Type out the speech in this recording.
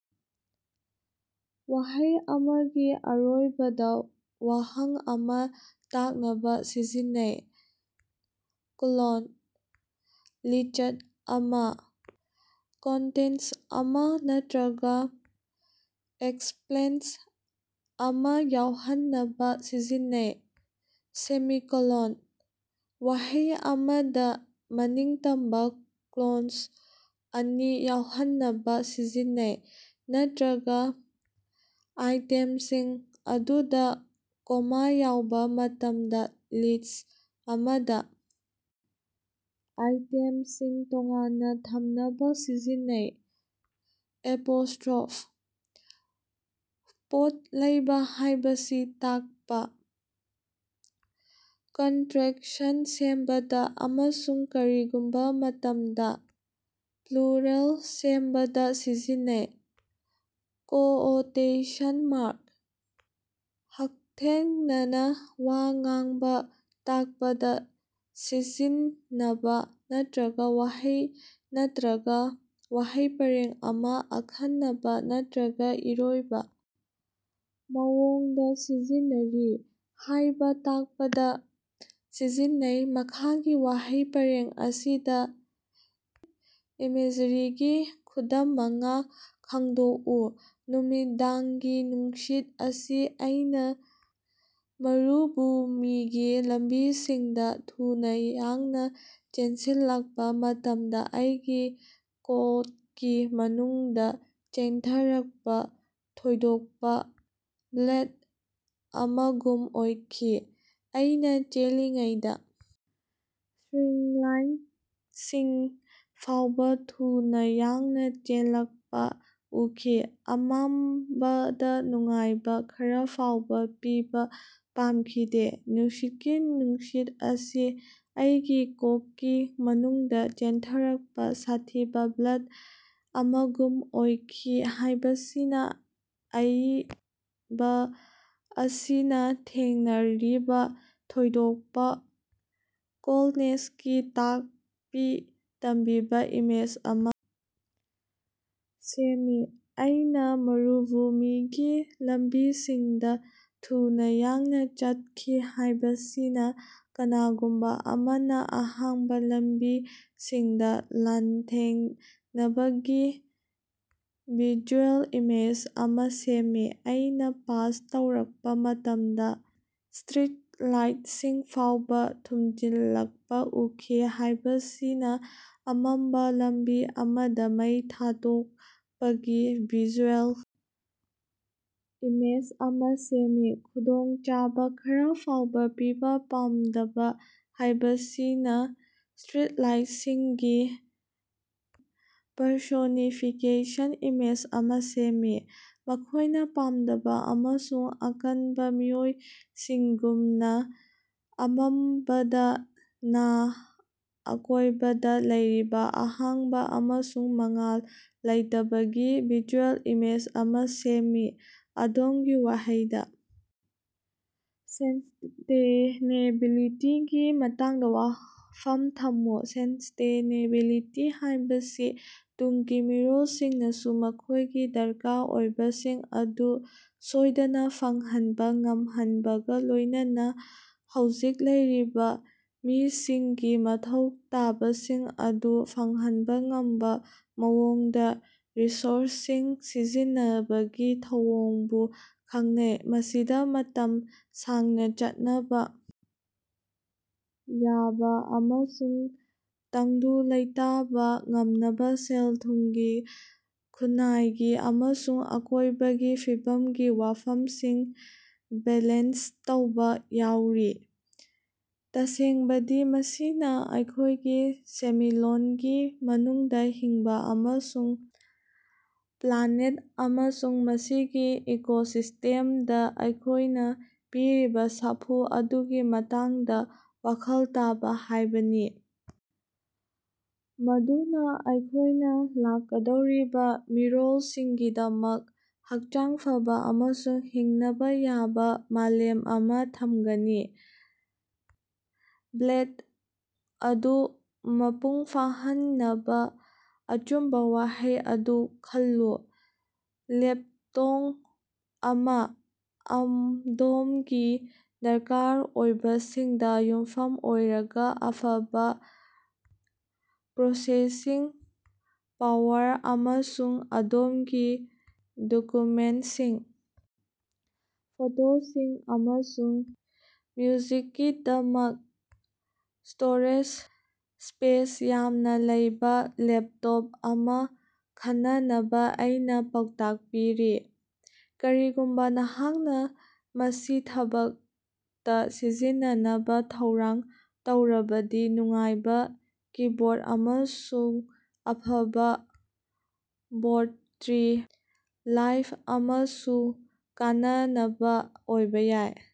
ꯋꯥꯍꯩ ꯑꯃꯒꯤ ꯑꯔꯣꯏꯕꯗ ꯋꯥꯍꯪ ꯑꯃꯥ ꯇꯥꯛꯅꯕ ꯁꯤꯖꯤꯟꯅꯩ꯫ ꯀꯣꯂꯣꯟ: ꯂꯤꯆꯠ ꯑꯃꯥ, ꯀꯣꯇꯦꯁꯟ ꯑꯃꯥ ꯅꯠꯇꯔꯒ ꯑꯦꯛꯁꯄꯂꯦꯟ ꯑꯃꯥ ꯌꯥꯎꯍꯟꯅꯕ ꯁꯤꯖꯤꯟꯅꯩ꯫ ꯁꯦꯃꯤꯀꯣꯂꯣꯟ: ꯋꯥꯍꯩ ꯑꯃꯗ ꯃꯅꯤꯡꯇꯝꯕ ꯀ꯭ꯂꯣꯖ ꯑꯅꯤ ꯌꯥꯎꯍꯟꯅꯕ ꯁꯤꯖꯤꯟꯅꯩ, ꯅꯠꯇꯔꯒ ꯑꯥꯏꯇꯦꯝꯁꯤꯡ ꯑꯗꯨꯗ ꯀꯣꯃꯥ ꯌꯥꯎꯕ ꯃꯇꯝꯗ ꯂꯤꯁ꯭ꯠ ꯑꯃꯗ ꯑꯥꯏꯇꯦꯝꯁꯤꯡ ꯇꯣꯉꯥꯟꯅ ꯊꯝꯅꯕꯥ ꯁꯤꯖꯤꯟꯅꯩ꯫ ꯑꯦꯄꯣꯁ꯭ꯇꯔꯣꯐ: ꯄꯣꯠ ꯂꯩꯕ ꯍꯥꯏꯕꯁꯤ ꯇꯥꯛꯄꯥ, ꯀꯟꯇꯔꯦꯛꯁꯟ ꯁꯦꯝꯕꯗ, ꯑꯃꯁꯨꯡ ꯀꯔꯤꯒꯨꯝꯕ ꯃꯇꯝꯗ ꯄ꯭ꯂꯨꯔꯦꯜ ꯁꯦꯝꯕꯗ ꯁꯤꯖꯤꯟꯅꯩ꯫ ꯀꯣꯑꯣꯇꯦꯁꯟ ꯃꯥꯔꯛ: ꯍꯛꯊꯦꯡꯅꯅꯥ ꯋꯥ ꯉꯥꯡꯕꯥ ꯇꯥꯛꯄꯗ ꯁꯤꯖꯤꯟꯅꯕ, ꯅꯠꯇꯔꯒ ꯋꯥꯍꯩ ꯅꯠꯇꯔꯒ ꯋꯥꯍꯩ ꯄꯔꯦꯡ ꯑꯃꯥ ꯑꯈꯟꯅꯕ ꯅꯠꯇꯔꯒ ꯏꯔꯣꯏꯕ ꯃꯑꯣꯡꯗꯥ ꯁꯤꯖꯤꯟꯅꯔꯤ ꯍꯥꯏꯕꯥ ꯇꯥꯛꯄꯗꯥ ꯁꯤꯖꯤꯟꯅꯩ꯫ ꯃꯈꯥꯒꯤ ꯋꯥꯍꯩ ꯄꯔꯦꯡ ꯑꯁꯤꯗꯥ ꯏꯃꯦꯖꯔꯤꯒꯤ ꯈꯨꯗꯝ ꯃꯉꯥ ꯈꯪꯗꯣꯛꯎ: ꯅꯨꯃꯤꯗꯥꯡꯒꯤ ꯅꯨꯡꯁꯤꯠ ꯑꯁꯤ ꯑꯩꯅ ꯃꯔꯨꯚꯨꯃꯤꯒꯤ ꯂꯝꯕꯤꯁꯤꯡꯗꯥ ꯊꯨꯅꯥ ꯌꯥꯡꯅ ꯆꯦꯟꯁꯤꯜꯂꯛꯄꯥ ꯃꯇꯝꯗ ꯑꯩꯒꯤ ꯀꯣꯠꯀꯤ ꯃꯅꯨꯡꯗ ꯆꯦꯟꯊꯔꯛꯄ ꯊꯣꯏꯗꯣꯛꯄꯥ ꯕ꯭ꯂꯦꯗ ꯑꯃꯒꯨꯝ ꯑꯣꯏꯈꯤ꯫ ꯑꯩꯅꯥ ꯆꯦꯜꯂꯤꯉꯩꯗ ꯁ꯭ꯇꯔꯤꯠꯂꯥꯏꯠꯁꯤꯡ ꯐꯥꯎꯕ ꯊꯨꯅꯥ ꯌꯥꯡꯅ ꯆꯦꯜꯂꯛꯄꯥ ꯎꯈꯤ, ꯑꯃꯝꯕꯗ ꯅꯨꯡꯉꯥꯏꯕ ꯈꯔꯥ ꯐꯥꯎꯕ ꯄꯤꯕ ꯄꯥꯝꯈꯤꯗꯦ꯫ ꯅꯨꯡꯁꯤꯠꯀꯤ ꯅꯨꯡꯁꯤꯠ ꯑꯁꯤ ꯑꯩꯒꯤ ꯀꯣꯛꯀꯤ ꯃꯅꯨꯡꯗꯥ ꯆꯦꯟꯊꯔꯛꯄꯥ ꯁꯥꯊꯤꯕꯥ ꯕ꯭ꯂꯦꯗ ꯑꯃꯒꯨꯝ ꯑꯣꯏꯈꯤ ꯍꯥꯏꯕꯁꯤꯅ ꯑꯏꯕ ꯑꯁꯤꯅ ꯊꯦꯡꯅꯔꯤꯕ ꯊꯣꯏꯗꯣꯛꯄ ꯀꯣꯜꯗꯅꯦꯁꯀꯤ ꯇꯥꯛꯄꯤ ꯇꯝꯕꯤꯕ ꯏꯃꯦꯖ ꯑꯃꯥ ꯁꯦꯝꯃꯤ꯫ ꯑꯩꯅꯥ ꯃꯔꯨꯚꯨꯃꯤꯒꯤ ꯂꯝꯕꯤꯁꯤꯡꯗ ꯊꯨꯅ ꯌꯥꯡꯅ ꯆꯠꯈꯤ ꯍꯥꯏꯕꯁꯤꯅ ꯀꯅꯥꯒꯨꯝꯕ ꯑꯃꯅ ꯑꯍꯥꯡꯕ ꯂꯝꯕꯤꯁꯤꯡꯗ ꯂꯥꯟꯊꯦꯡꯅꯕꯒꯤ ꯚꯤꯖꯨꯑꯦꯜ ꯏꯃꯦꯖ ꯑꯃꯥ ꯁꯦꯝꯃꯤ꯫ ꯑꯩꯅꯥ ꯄꯥꯁ ꯇꯧꯔꯛꯄ ꯃꯇꯝꯗ ꯁ꯭ꯇꯔꯤꯠ ꯂꯥꯏꯠꯁꯤꯡ ꯐꯥꯎꯕ ꯊꯨꯝꯖꯤꯜꯂꯛꯄ ꯎꯈꯤ ꯍꯥꯏꯕꯁꯤꯅ ꯑꯃꯝꯕ ꯂꯝꯕꯤ ꯑꯃꯗ ꯃꯩ ꯊꯥꯗꯣꯛꯄꯒꯤ ꯚꯤꯖꯨꯑꯦꯜ ꯏꯃꯦꯖ ꯑꯃꯥ ꯁꯦꯝꯃꯤ꯫ ꯈꯨꯗꯣꯡꯆꯥꯕ ꯈꯔꯥ ꯐꯥꯎꯕ ꯄꯤꯕ ꯄꯥꯝꯗꯕ ꯍꯥꯏꯕꯁꯤꯅ ꯁ꯭ꯇꯔꯤꯠꯂꯥꯏꯠꯁꯤꯡꯒꯤ ꯄꯔꯁꯣꯅꯤꯐꯤꯀꯦꯁꯟ ꯏꯃꯦꯖ ꯑꯃꯥ ꯁꯦꯝꯃꯤ, ꯃꯈꯣꯏꯅꯥ ꯄꯥꯝꯗꯕ ꯑꯃꯁꯨꯡ ꯑꯀꯟꯕ ꯃꯤꯑꯣꯏꯁꯤꯡꯒꯨꯝꯅꯥ꯫ ꯑꯃꯝꯕꯗꯥ ꯅꯥ ꯑꯀꯣꯏꯕꯗ ꯂꯩꯔꯤꯕ ꯑꯍꯥꯡꯕ ꯑꯃꯁꯨꯡ ꯃꯉꯥꯜ ꯂꯩꯇꯕꯒꯤ ꯚꯤꯖꯨꯑꯦꯜ ꯏꯃꯦꯖ ꯑꯃꯥ ꯁꯦꯝꯃꯤ꯫ ꯑꯗꯣꯝꯒꯤ ꯋꯥꯍꯩꯗ, ꯁꯁ꯭ꯇꯦꯅꯦꯕꯤꯂꯤꯇꯤꯒꯤ ꯃꯇꯥꯡꯗ ꯋꯥꯐꯝ ꯊꯝꯃꯨ꯫ ꯁꯁ꯭ꯇꯦꯅꯦꯕꯤꯂꯤꯇꯤ ꯍꯥꯏꯕꯁꯤ ꯇꯨꯡꯒꯤ ꯃꯤꯔꯣꯜꯁꯤꯡꯅꯁꯨ ꯃꯈꯣꯏꯒꯤ ꯗꯔꯀꯥꯔ ꯑꯣꯏꯕꯁꯤꯡ ꯑꯗꯨ ꯁꯣꯏꯗꯅ ꯐꯪꯍꯟꯕ ꯉꯝꯍꯟꯕꯒ ꯂꯣꯏꯅꯅꯥ ꯍꯧꯖꯤꯛ ꯂꯩꯔꯤꯕ ꯃꯤꯁꯤꯡꯒꯤ ꯃꯊꯧ ꯇꯥꯕꯁꯤꯡ ꯑꯗꯨ ꯐꯪꯍꯟꯕ ꯉꯝꯕ ꯃꯑꯣꯡꯗ ꯔꯤꯁꯣꯔꯁꯁꯤꯡ ꯁꯤꯖꯤꯟꯅꯕꯒꯤ ꯊꯧꯑꯣꯡꯕꯨ ꯈꯪꯅꯩ꯫ ꯃꯁꯤꯗ ꯃꯇꯝ ꯁꯥꯡꯅ ꯆꯠꯅꯕ ꯌꯥꯕ ꯑꯃꯁꯨꯡ ꯇꯪꯗꯨ ꯂꯩꯇꯥꯕ ꯉꯝꯅꯕ ꯁꯦꯜ-ꯊꯨꯝꯒꯤ, ꯈꯨꯟꯅꯥꯏꯒꯤ ꯑꯃꯁꯨꯡ ꯑꯀꯣꯏꯕꯒꯤ ꯐꯤꯕꯝꯒꯤ ꯋꯥꯐꯝꯁꯤꯡ ꯕꯦꯂꯦꯟꯁ ꯇꯧꯕ ꯌꯥꯎꯔꯤ꯫ ꯇꯁꯦꯡꯕꯗꯤ ꯃꯁꯤꯅꯥ ꯑꯩꯈꯣꯏꯒꯤ ꯁꯦꯟꯃꯤꯠꯂꯣꯟꯒꯤ ꯃꯅꯨꯡꯗ ꯍꯤꯡꯕ ꯑꯃꯁꯨꯡ ꯄ꯭ꯂꯥꯅꯦꯠ ꯑꯃꯁꯨꯡ ꯃꯁꯤꯒꯤ ꯏꯀꯣꯁꯤꯁ꯭ꯇꯦꯝꯗ ꯑꯩꯈꯣꯏꯅꯥ ꯄꯤꯔꯤꯕ ꯁꯥꯐꯨ ꯑꯗꯨꯒꯤ ꯃꯇꯥꯡꯗ ꯋꯥꯈꯜ ꯇꯥꯕ ꯍꯥꯏꯕꯅꯤ, ꯃꯗꯨꯅ ꯑꯩꯈꯣꯏꯅ ꯂꯥꯛꯀꯗꯧꯔꯤꯕ ꯃꯤꯔꯣꯜꯁꯤꯡꯒꯤꯗꯃꯛ ꯍꯛꯆꯥꯡ ꯐꯕꯥ ꯑꯃꯁꯨꯡ ꯍꯤꯡꯅꯕ ꯌꯥꯕ ꯃꯥꯂꯦꯝ ꯑꯃꯥ ꯊꯝꯒꯅꯤ꯫ ꯕ꯭ꯂꯦꯠ ꯑꯗꯨ ꯃꯄꯨꯡ ꯐꯥꯍꯟꯅꯕꯥ ꯑꯆꯨꯝꯕꯥ ꯋꯥꯍꯩ ꯑꯗꯨ ꯈꯜꯂꯨ꯫ ꯂꯦꯞꯇꯣꯞ ꯑꯃ꯫ ꯑꯗꯣꯃꯒꯤ ꯗꯔꯀꯥꯔ ꯑꯣꯏꯕꯁꯤꯡꯗꯥ ꯌꯨꯝꯐꯝ ꯑꯣꯏꯔꯒꯥ, ꯑꯐꯕ ꯄ꯭ꯔꯣꯁꯦꯁꯤꯡ ꯄꯥꯋꯔ ꯑꯃꯁꯨꯡ ꯑꯗꯣꯝꯒꯤ ꯗꯣꯀꯨꯃꯦꯟꯇꯁꯤꯡ, ꯐꯣꯇꯣꯁꯤꯡ, ꯑꯃꯁꯨꯡ ꯃ꯭ꯌꯨꯖꯤꯛꯀꯤꯗꯃꯛ ꯁ꯭ꯇꯣꯔꯦꯖ ꯁ꯭ꯄꯦꯁ ꯌꯥꯝꯅ ꯂꯩꯕ ꯂꯦꯄꯇꯣꯞ ꯑꯃꯥ ꯈꯟꯅꯅꯕ ꯑꯩꯅ ꯄꯥꯎꯇꯥꯛ ꯄꯤꯔꯤ꯫ ꯀꯔꯤꯒꯨꯝꯕ ꯅꯍꯥꯛꯅ ꯃꯁꯤ ꯊꯕꯛꯇ ꯁꯤꯖꯤꯟꯅꯅꯕ ꯊꯧꯔꯥꯡ ꯇꯧꯔꯕꯗꯤ, ꯅꯨꯡꯉꯥꯏꯕ ꯀꯤꯕꯣꯔꯗ ꯑꯃꯁꯨꯡ ꯑꯐꯕꯥ ꯕꯦꯠꯇꯔꯤ ꯂꯥꯏꯐ ꯑꯃꯁꯨ ꯀꯥꯟꯅꯕ ꯑꯣꯏꯕ ꯌꯥꯏ꯫